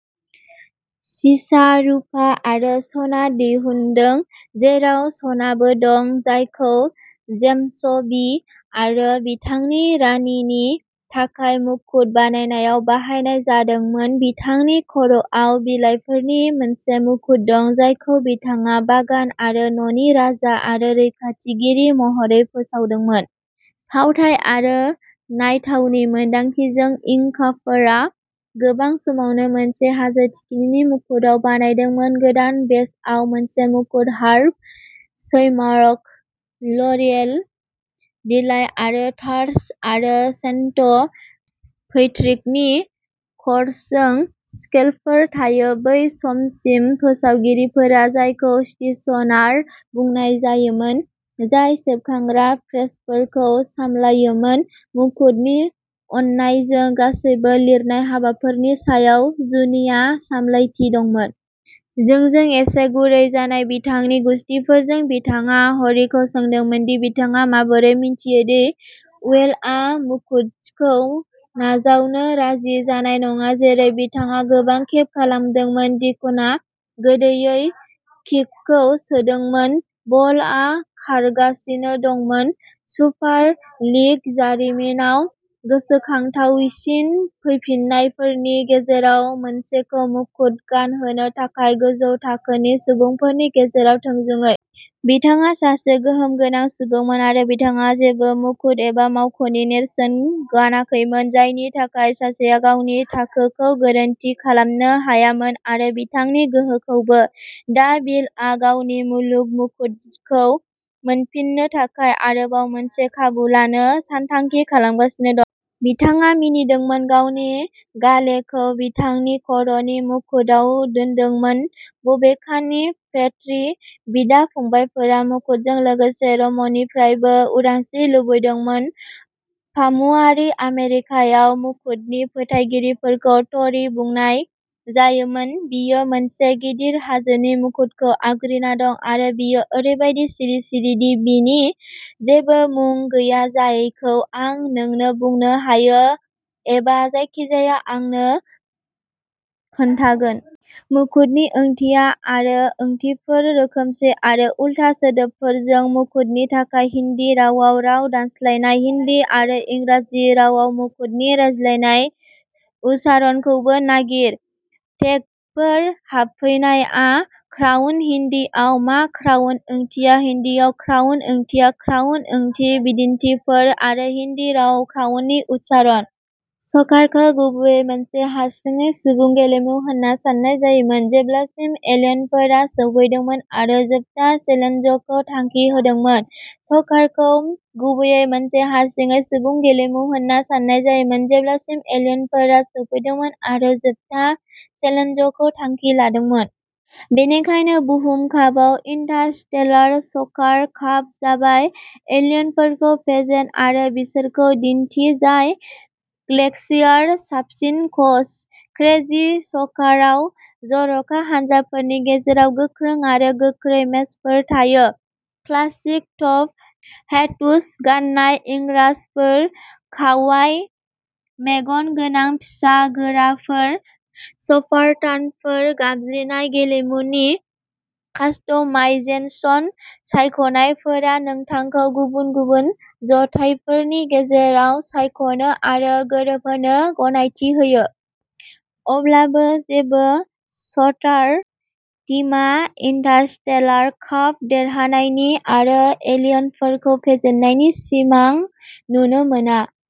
सीसा, रुपा आरो सना दिहुनदों, जेराव सनाबो दं, जायखौ जेम्स भि आरो बिथांनि रानिनि थाखाय मुकुट बानायनायाव बाहायनाय जादोंमोन। बिथांनि खर'आव बिलाइफोरनि मोनसे मुकुट दं, जायखौ बिथाङा बागान आरो न'नि राजा आरो रैखाथिगिरि महरै फोसावदोंमोन। फावथाइ आरो नायथावनि मोनदांथिजों, इंकाफोरा गोबां समावनो मोनसे हाजो थिखिनिनि मुकुटआव बानायदोंमोन। गोदान बेजआव मोनसे मुकुट, हार्प, शैमारक, लरेल बिलाइ आरो टार्च आरो सेन्ट पैट्रिकनि क्रसजों स्केलफोर थायो। बै समसिम, फोसावगिरिफोरा, जायखौ स्टेशनार बुंनाय जायोमोन, जाय सेबखांग्रा प्रेसफोरखौ सामलायोमोन, मुकुटनि अननायजों गासैबो लिरनाय हाबाफोरनि सायाव जुनिया सामलायथि दंमोन। जौजों एसे गुरै जानाय बिथांनि गुसथिफोरजों, बिथाङा हरिखौ सोंदोंमोन दि बिथाङा माबोरै मिन्थियो दि विलआ मुकुटखौ नाजावनो राजि जानाय नङा। जेरै बिथाङा गोबां खेब खालामदोंमोन, डिक'ना गोदैयै किकखौ सोदोंमोन, बलआ खारगासिनो दंमोन। सुपार लीग जारिमिनाव गोसोखांथावसिन फैफिन्नायफोरनि गेजेराव मोनसेखौ मुकुट गानहोनो थाखाय गोजौ थाखोनि सुबुंफोरनि गेजेराव थोंजोङै। बिथाङा सासे गोहोम गोनां सुबुंमोन, आरो बिथाङा जेबो मुकुट एबा मावख'नि नेरसोन गानाखैमोन, जायनि थाखाय सासेया गावनि थाखोखौ गोरोन्थि खालामनो हायामोन, आरो बिथांनि गोहोखौबो। दा बिलआ गावनि मुलुग मुकुटखौ मोनफिन्नो थाखाय आरोबाव मोनसे खाबु लानो सानथांखि खालामगासिनो दं। बिथाङा मिनिदोंमोन, गावनि गालेखौ बिथांनि खर'नि मुकुटआव दोन्दोंमोन। बबेखानि, पेट्री बिदा-फंबायफोरा मुकुटजों लोगोसे र'मनिफ्रायबो उदांस्रि लुबैदोंमोन। फामुवारि आमेरिकायाव मुकुटनि फोथायगिरिफोरखौ ट'री बुंनाय जायोमोन। बेयो मोनसे गिदिर हाजोनि मुकुटखौ आवग्रिना दं, आरो बेयो ओरैबादि सिरि-सिरि दि बिनि जेबो मुं गैया जायखौ आं नोंनो बुंनो हायो एबा जायखिजाया आंनो खोन्थागोन। मुकुटनि ओंथिया आरो ओंथिफोर, रोखोमसे आरो उल्था सोदोबफोरजों मुकुटनि थाखाय हिन्दी रावाव राव दानस्लायनाय। हिन्दी आरो इंराजि रावाव मुकुटनि रायज्लायनाय उच्चारणखौबो नागिर। टेगफोर हाबफैनाया क्राउन हिन्दीआव मा क्राउन ओंथिया, हिन्दीआव क्राउन ओंथिया, क्राउन ओंथि, बिदिन्थिफोर आरो हिन्दी रावाव क्राउननि उच्चारण। सकार खौ गुबैयै मोनसे हारसिङै सुबुं गेलेमु होनना सान्नाय जायोमोन, जेब्लासिम एलेयनफोरा सौफैदोंमोन आरो जोबथा चेलेन्जखौ थांखि होदोंमोन। सकार खौ गुबैयै मोनसे हारसिङै सुबुं गेलेमु होन्ना सान्नाय जायोमोन, जेब्लासिम एलेयनफोरा सौफैदोंमोन आरो जोबथा चेलेन्जखौ थांखि लादोंमोन। बेनिखायनो, बुहुम कापआ इन्टारस्टेलार सकार काप जाबाय एलियनफोरखौ फेजेन आरो बिसोरखौ दिन्थि जाय गेलेक्सियाव साबसिन कच। क्रेजि सकाराव जर'खा हानजाफोरनि गेजेराव गोख्रों आरो गोख्रै मेचफोर थायो। क्लासिक टप हेट्स गान्नाय इंराजफोर, कावाइ मेगन गोनां फिसा गोराफोर, स्पार्टानफोर गाबज्रिनाय गेलेमुनि कास्टमाइजेशन सायख'नायफोरा नोंथांखौ गुबुन गुबुन जथायफोरनि गेजेराव सायख'नो आरो गोरोबहोनो गनायथि होयो। अब्लाबो, जेबो स्टार टीमा इन्टारस्टेलार काप देरहानायनि आरो एलियनफोरखौ फेजेननायनि सिमां नुनो मोना।